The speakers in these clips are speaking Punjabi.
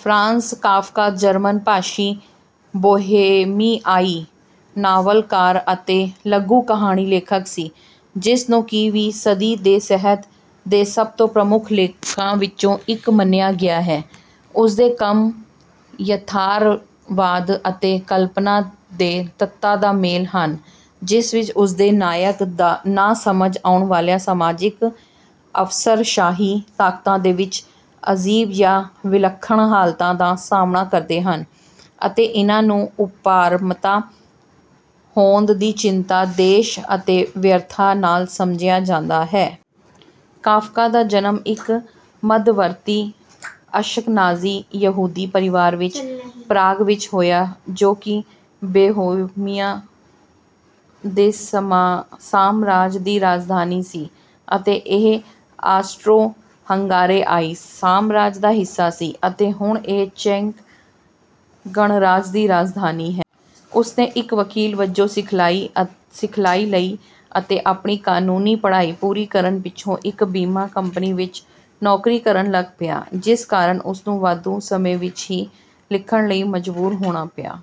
ਫ਼ਰਾਂਜ਼ ਕਾਫ਼ਕਾ ਜਰਮਨ ਭਾਸ਼ੀ ਬੋਹੇਮੀਆਈ ਨਾਵਲਕਾਰ ਅਤੇ ਲਘੂ-ਕਹਾਣੀ ਲੇਖਕ ਸੀ, ਜਿਸਨੂੰ ਕਿ ਵੀ ਸਦੀ ਦੇ ਸਾਹਿਤ ਦੇ ਸਭ ਤੋਂ ਪ੍ਰਮੁੱਖ ਲੇਖਕਾਂ ਵਿੱਚੋਂ ਇੱਕ ਮੰਨਿਆ ਗਿਆ ਹੈ। ਉਸਦੇ ਕੰਮ ਯਥਾਰਥਵਾਦ ਅਤੇ ਕਲਪਨਾ ਦੇ ਤੱਤਾਂ ਦਾ ਮੇਲ ਹਨ, ਜਿਸ ਵਿੱਚ ਉਸਦੇ ਨਾਇਕ ਨਾ ਸਮਝ ਆਉਣ ਵਾਲੀਆਂ ਸਮਾਜਿਕ ਅਫ਼ਸਰਸ਼ਾਹੀ ਤਾਕਤਾਂ ਦੇ ਵਿੱਚ ਅਜੀਬ ਜਾਂ ਵਿਲੱਖਣ ਹਾਲਤਾਂ ਦਾ ਸਾਹਮਣਾ ਕਰਦੇ ਹਨ, ਅਤੇ ਇਨ੍ਹਾਂ ਨੂੰ ਉਪਰਾਮਤਾ, ਹੋਂਦ ਦੀ ਚਿੰਤਾ, ਦੋਸ਼ ਅਤੇ ਵਿਅਰਥਤਾ ਨਾਲ ਸਮਝਿਆ ਜਾਂਦਾ ਹੈ। ਕਾਫ਼ਕਾ ਦਾ ਜਨਮ ਇੱਕ ਮੱਧਵਰਤੀ ਅਸ਼ਕਨਾਜ਼ੀ ਯਹੂਦੀ ਪਰਿਵਾਰ ਵਿੱਚ ਪਰਾਗ ਵਿੱਚ ਹੋਇਆ ਜੋ ਕਿ ਬੋਹੇਮੀਆ ਦੇ ਸਾਮਰਾਜ ਦੀ ਰਾਜਧਾਨੀ ਸੀ ਅਤੇ ਇਹ ਆਸਟ੍ਰੋ-ਹੰਗਰੇਆਈ ਸਾਮਰਾਜ ਦਾ ਹਿੱਸਾ ਸੀ, ਅਤੇ ਹੁਣ ਇਹ ਚੈੱਕ ਗਣਰਾਜ ਦੀ ਰਾਜਧਾਨੀ ਹੈ। ਉਸਨੇ ਇੱਕ ਵਕੀਲ ਵੱਜੋਂ ਸਿਖਲਾਈ ਲਈ ਅਤੇ ਆਪਣੀ ਕਾਨੂੰਨੀ ਪੜ੍ਹਾਈ ਪੂਰੀ ਕਰਨ ਪਿੱਛੋਂ ਇੱਕ ਬੀਮਾ ਕੰਪਨੀ ਵਿੱਚ ਨੌਕਰੀ ਕਰਨ ਲੱਗ ਪਿਆ, ਜਿਸ ਕਾਰਨ ਉਸਨੂੰ ਵਾਧੂ ਸਮੇਂ ਵਿੱਚ ਹੀ ਲਿਖਣ ਲਈ ਮਜਬੂਰ ਹੋਣਾ ਪਿਆ।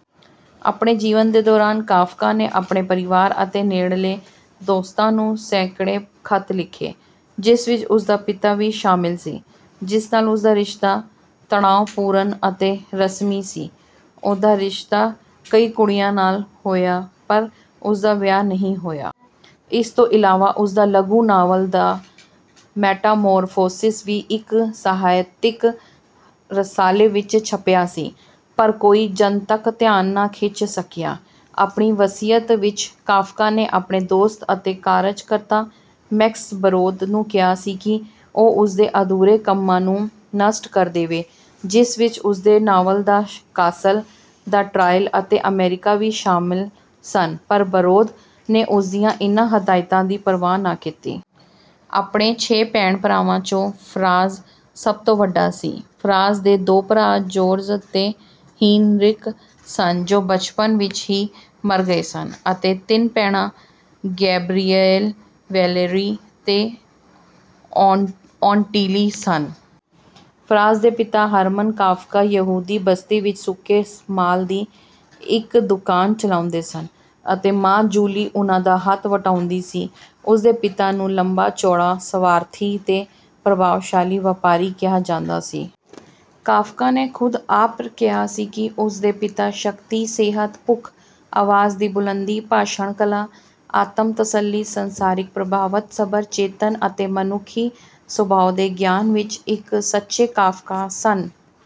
ਆਪਣੇ ਜੀਵਨ ਦੇ ਦੌਰਾਨ ਕਾਫ਼ਕਾ ਨੇ ਆਪਣੇ ਪਰਿਵਾਰ ਅਤੇ ਨੇੜਲੇ ਦੋਸਤਾਂ ਨੂੰ ਸੈਂਕੜੇ ਖ਼ਤ ਲਿਖੇ, ਜਿਸ ਵਿੱਚ ਉਸਦਾ ਪਿਤਾ ਵੀ ਸ਼ਾਮਿਲ ਸੀ, ਜਿਸ ਨਾਲ ਉਸਦਾ ਰਿਸ਼ਤਾ ਤਣਾਅਪੂਰਨ ਅਤੇ ਰਸਮੀ ਸੀ। ਉਸਦਾ ਰਿਸ਼ਤਾ ਕਈ ਕੁੜੀਆਂ ਨਾਲ ਹੋਇਆ ਪਰ ਉਸਦਾ ਵਿਆਹ ਨਹੀਂ ਹੋਇਆ। ਇਸ ਤੋਂ ਇਲਾਵਾ ਉਸਦਾ ਲਘੂ-ਨਾਵਲ ਦ ਮੈਟਾਮੌਰਫੋਸਿਸ ਵੀ ਇੱਕ ਸਾਹਿਤਿਕ ਰਸਾਲੇ ਵਿੱਚ ਛਪਿਆ ਸੀ, ਪਰ ਕੋਈ ਜਨਤਕ ਧਿਆਨ ਨਾ ਖਿੱਚ ਸਕਿਆ। ਆਪਣੀ ਵਸੀਅਤ ਵਿੱਚ ਕਾਫ਼ਕਾ ਨੇ ਆਪਣੇ ਦੋਸਤ ਅਤੇ ਕਾਰਜ-ਕਰਤਾ ਮੈਕਸ ਬਰੌਦ ਨੂੰ ਕਿਹਾ ਸੀ ਕਿ ਉਹ ਉਸਦੇ ਅਧੂਰੇ ਕੰਮਾਂ ਨੂੰ ਨਸ਼ਟ ਕਰ ਦੇਵੇ, ਜਿਸ ਵਿੱਚ ਉਸਦੇ novel The Castle, The Trial ਅਤੇ ਅਮੇਰਿਕਾ ਵੀ ਸ਼ਾਮਿਲ ਸਨ, ਪਰ ਬਰੌਦ ਨੇ ਉਸਦੀਆਂ ਇਨ੍ਹਾਂ ਹਦਾਇਤਾਂ ਦੀ ਪਰਵਾਹ ਨਾ ਕੀਤੀ। ਆਪਣੇ ਛੇ ਭੈਣ-ਭਰਾਵਾਂ 'ਚੋਂ ਫ਼ਰਾਂਜ਼ ਸਭ ਤੋਂ ਵੱਡਾ ਸੀ। ਫ਼ਰਾਂਜ਼ ਦੇ ਦੋ ਭਰਾ ਜੌਰਜ ਤੇ ਹੀਨਰਿਕ ਸਨ ਜੋ ਬਚਪਨ ਵਿੱਚ ਹੀ ਮਰ ਗਏ ਸਨ ਅਤੇ ਤਿੰਨ ਭੈਣਾਂ ਗੈਬਰੀਐਲ, ਵੈਲੇਰੀ ਤੇ ਔਟਿਲੀ ਸਨ। ਫ਼ਰਾਂਜ਼ ਦੇ ਪਿਤਾ, ਹਰਮਨ ਕਾਫ਼ਕਾ ਯਹੂਦੀ ਬਸਤੀ ਵਿੱਚ ਸੁੱਕੇ ਮਾਲ ਦੀ ਇੱਕ ਦੁਕਾਨ ਚਲਾਉਂਦੇ ਸਨ ਅਤੇ ਮਾਂ, ਜੂਲੀ ਉਹਨਾਂ ਦਾ ਹੱਥ ਵਟਾਉਂਦੀ ਸੀ। ਉਸ ਦੇ ਪਿਤਾ ਨੂੰ ਲੰਬਾ-ਚੌੜਾ, ਸਵਾਰਥੀ ਤੇ ਪ੍ਰਭਾਵਸ਼ਾਲੀ ਵਪਾਰੀ ਕਿਹਾ ਜਾਂਦਾ ਸੀ। ਕਾਫ਼ਕਾ ਨੇ ਖੁਦ ਆਪ ਕਿਹਾ ਸੀ ਕਿ ਉਸ ਦੇ ਪਿਤਾ ਸ਼ਕਤੀ, ਸਿਹਤ, ਭੁੱਖ, ਅਵਾਜ਼ ਦੀ ਬੁਲੰਦੀ, ਭਾਸ਼ਣ ਕਲਾ, ਆਤਮ-ਤਸੱਲੀ, ਸੰਸਾਰਿਕ ਪ੍ਰਭੁਤਵ, ਸਬਰ, ਚੇਤੰਨ ਅਤੇ ਮਨੁੱਖੀ ਸੁਭਾਅ ਦੇ ਗਿਆਨ ਵਿੱਚ ਇੱਕ ਸੱਚੇ ਕਾਫ਼ਕਾ ਸਨ।